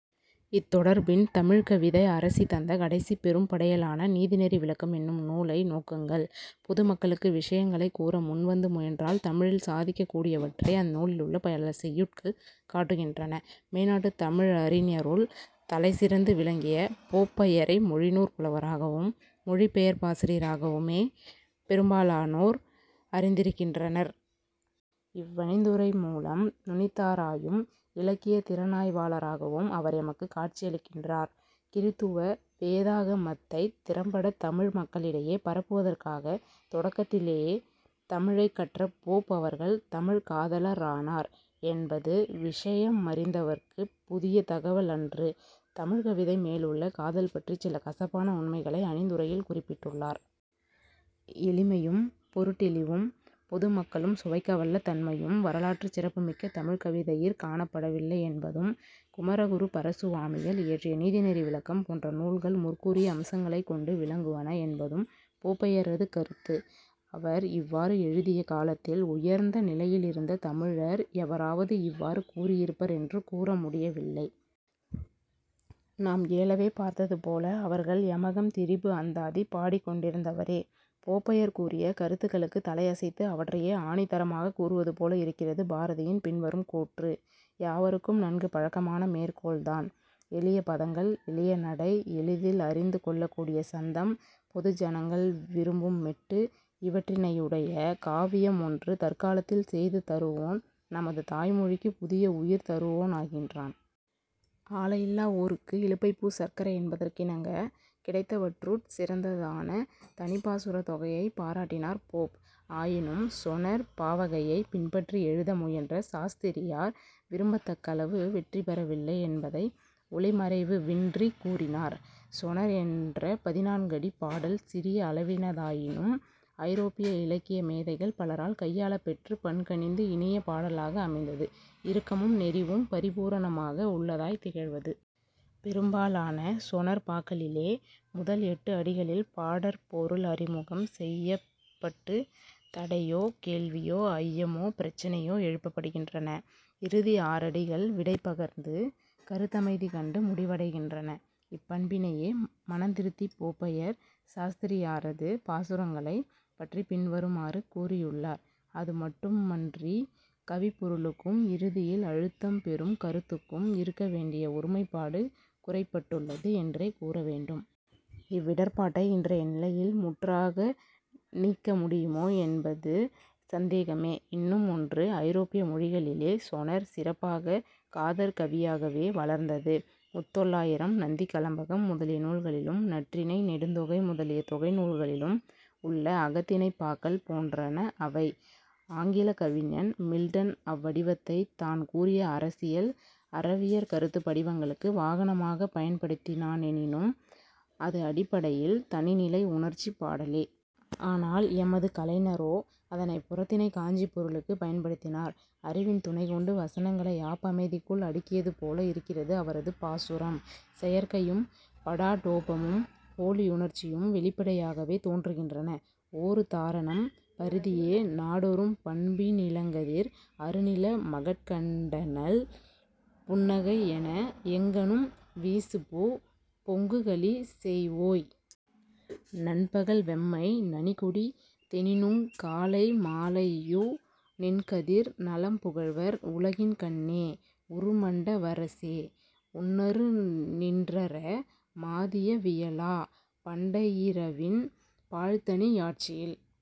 இத்தொடர்பின் தமிழ்க் கவிதை அரசி தந்த கடைசிப் பெரும் படையலான நீதிநெறி விளக்கம் என்னும் நூலை நோக்குங்கள். பொதுமக்களுக்கு விஷயங்களைக் கூற முன்வந்து முயன்றால் தமிழில் சாதிக்கக்கூடியவற்றை அந்நூலிலுள்ள பல செய்யுட்கள் காட்டுகின்றன. " மேனாட்டுத் தமிழறிஞருள் தலைசிறந்து விளங்கிய போப்பையரை மொழிநூற் புலவராகவும் மொழி பெயர்ப்பாசிரியராகவுமே பெரும்பாலானோர் அறிந்திருக்கின்றனர். இவ்வணிந்துரை மூலம் நுனித்தாராயும் இலக்கியத் திறனாய்வாளராகவும் அவர் எமக்குக் காட்சியளிக்கின்றார். கிறித்துவ வேதாகமத்தைத் திறம்பட தமிழ் மக்களிடையே பரப்புவதற்காக தொடக்கத்திலே தமிழைக்கற்ற போப் அவர்கள் தமிழ் காதலரானார் என்பது விஷயமறிந்தவர்க்குப் புதிய தகவல் அன்று. தமிழ் கவிதை மேலுள்ள காதல் பற்றிச் சில "கசப்பான" உண்மைகளை அணிந்துரையில் குறிப்பிட்டுள்ளார். எளிமையும், பொருட்டௌிவும், பொது மக்களும் சுவைக்கவல்ல தன்மையும் வரலாற்றுச் சிறப்பு மிக்க தமிழ்க் கவிதையிற் காணப்படவில்லை என்பதும், குமரகுருபரசுவாமிகள் இயற்றிய நீதிநெறி விளக்கம் போன்ற நூல்கள் முற்கூறிய அம்சங்களைக் கொண்டு விளங்குவன என்பதும் போப்பையரது கருத்து. அவர் இவ்வாறு எழுதிய காலத்தில் உயர்ந்த நிலையிலிருந்த தமிழர் எவராவது இவ்வாறு கூறியிருப்பர் என்று கூற முடியவில்லை. நாம் ஏலவே பார்த்ததுபோல அவர்கள் 'யமகம் திரிபு அந்தாதி' பாடிக்கொண்டிருந்தவரே. போப்பையர் கூறிய கருத்துக்களுக்குத் தலையசைத்து அவற்றையே ஆணித்தரமாகக் கூறுவதுபோல இருக்கிறது பாரதியின் பின்வரும் கூற்று. யாவருக்கும் நன்கு பழக்கமான மேற்கோள்தான்: "எளிய பதங்கள், எளிய நடை, எளிதில் அறிந்து கொள்ளக்கூடிய சந்தம், பொது ஜனங்கள் விரும்பும் மெட்டு இவற்றினையுடைய காவியம் ஒன்று தற்காலத்தில் செய்து தருவோன் நமது தாய் மொழிக்குப் புதிய உயிர் தருவோனாகின்றான். " ஆலையில்லா ஊருக்கு இலுப்பைப்பூ சர்க்கரை என்பதற்கிணங்க, கிடைத்தவற்றுட் சிறந்ததான தனிப்பாசுரத் தொகையைப் பாராட்டினார் போப். ஆயினும் 'சொனெற்' பாவகையைப் பின்பற்றி எழுத முயன்ற சாஸ்திரியார் விரும்பத்தக்களவு வெற்றிபெற வில்லை என்பதை ஒளிமறைவுவின்றிக் கூறினார். 'சொனெற்' என்ற பதினான்கடிப் பாடல் சிறிய அளவினதாயினும், ஐரோப்பிய இலக்கிய மேதைகள் பலரால் கையாளப் பெற்றுப் பண்கனிந்து இனிய பாடலாக அமைந்தது; இறுக்கமும் நெறிவும் பரிபூரணமாக உள்ளதாய்த் திகழ்வது. பெரும் பாலான சொனெற் பாக்களிலே, முதல் எட்டு அடிகளில் பாடற் பொருள் அறிமுகம் செய்யப்பட்டுத் தடையோ, கேள்வியோ, ஐயமோ, பிரச்சினையோ எழுப்பப்படுகின்றன. இறுதி ஆறடிகள் விடை பகர்ந்து, கருத்தமைதி கண்டு முடிவடைகின்றன. இப்பண்பினையே மனந்திருத்திப் போப்பையர் சாஸ்திரியாரது பாசுரங்களைப் பற்றிப் பின்வருமாறு கூறியுள்ளார்: "... அதுமட்டு மன்றிக் கவிப்பொருளுக்கும் இறுதியில் அழுத்தம் பெறும் கருத்துக்கும் இருக்கவேண்டிய ஒருமைப்பாடு குறைபட்டுள்ளது என்றே கூறவேண்டும். இவ்விடர்ப்பாட்டை இன்றைய நிலையில் முற்றாக நீக்க முடியுமோ என்பது சந்தேகமே. " இன்னுமொன்று, ஐரோப்பிய மொழிகளிலே 'சொனெற்' சிறப்பாகக் காதற் கவியாகவே வளர்ந்தது. முத்தொள்ளாயிரம், நந்திக்கலம்பகம், முதலிய நூல்களிலும், நற்றிணை, நெடுந்தொகை முதலிய தொகை நூல்களிலும் உள்ள அகத்திணைப் பாக்கள் போன்றன அவை. ஆங்கிலக் கவிஞன் மில்டன் அவ்வடிவத்தைத் தான் கூறிய அரசியல், அறவியற் கருத்துப் படிவங்களுக்கு வாகனமாகப் பயன்படுத்தினா னெனினும், அது அடிப்படையில் தனிநிலை உணர்ச்சிப்பாடலே. ஆனால் எமது கலைஞரோ, அதனைப் புறத்திணைக் காஞ்சிப் பொருளுக்குப் பயன்படுத்தினார். அறிவின் துணைகொண்டு வசனங்களை யாப்பமைதிக்குள் அடுக்கியது போல இருக்கிறது அவரது பாசுரம். செயற்கையும் படாடோபமும் போலியுணர்ச்சியும் வௌிப்படையாகவே தோன்றுகின்றன. ஓருதாரணம்: "பரிதியே! நாடொறும் பண்பி னிளங்கதிர் அருநில மகட்கண் டண்ணல்புன் னகையென எங்கணும் வீசுபு பொங்குகளி சொய்வோய்! நண்பகல் வெம்மை நனிகொடி தெனினுங் காலை மாலையுநின் கதிர் நலம் புகழ்வர் உலகின் கண்ணே! உறுமண்ட வரசே! உன்னரு னின்றற மாதிய வியலா; பண்டையிரவின் பாழ்த்தனி யாட்சியில்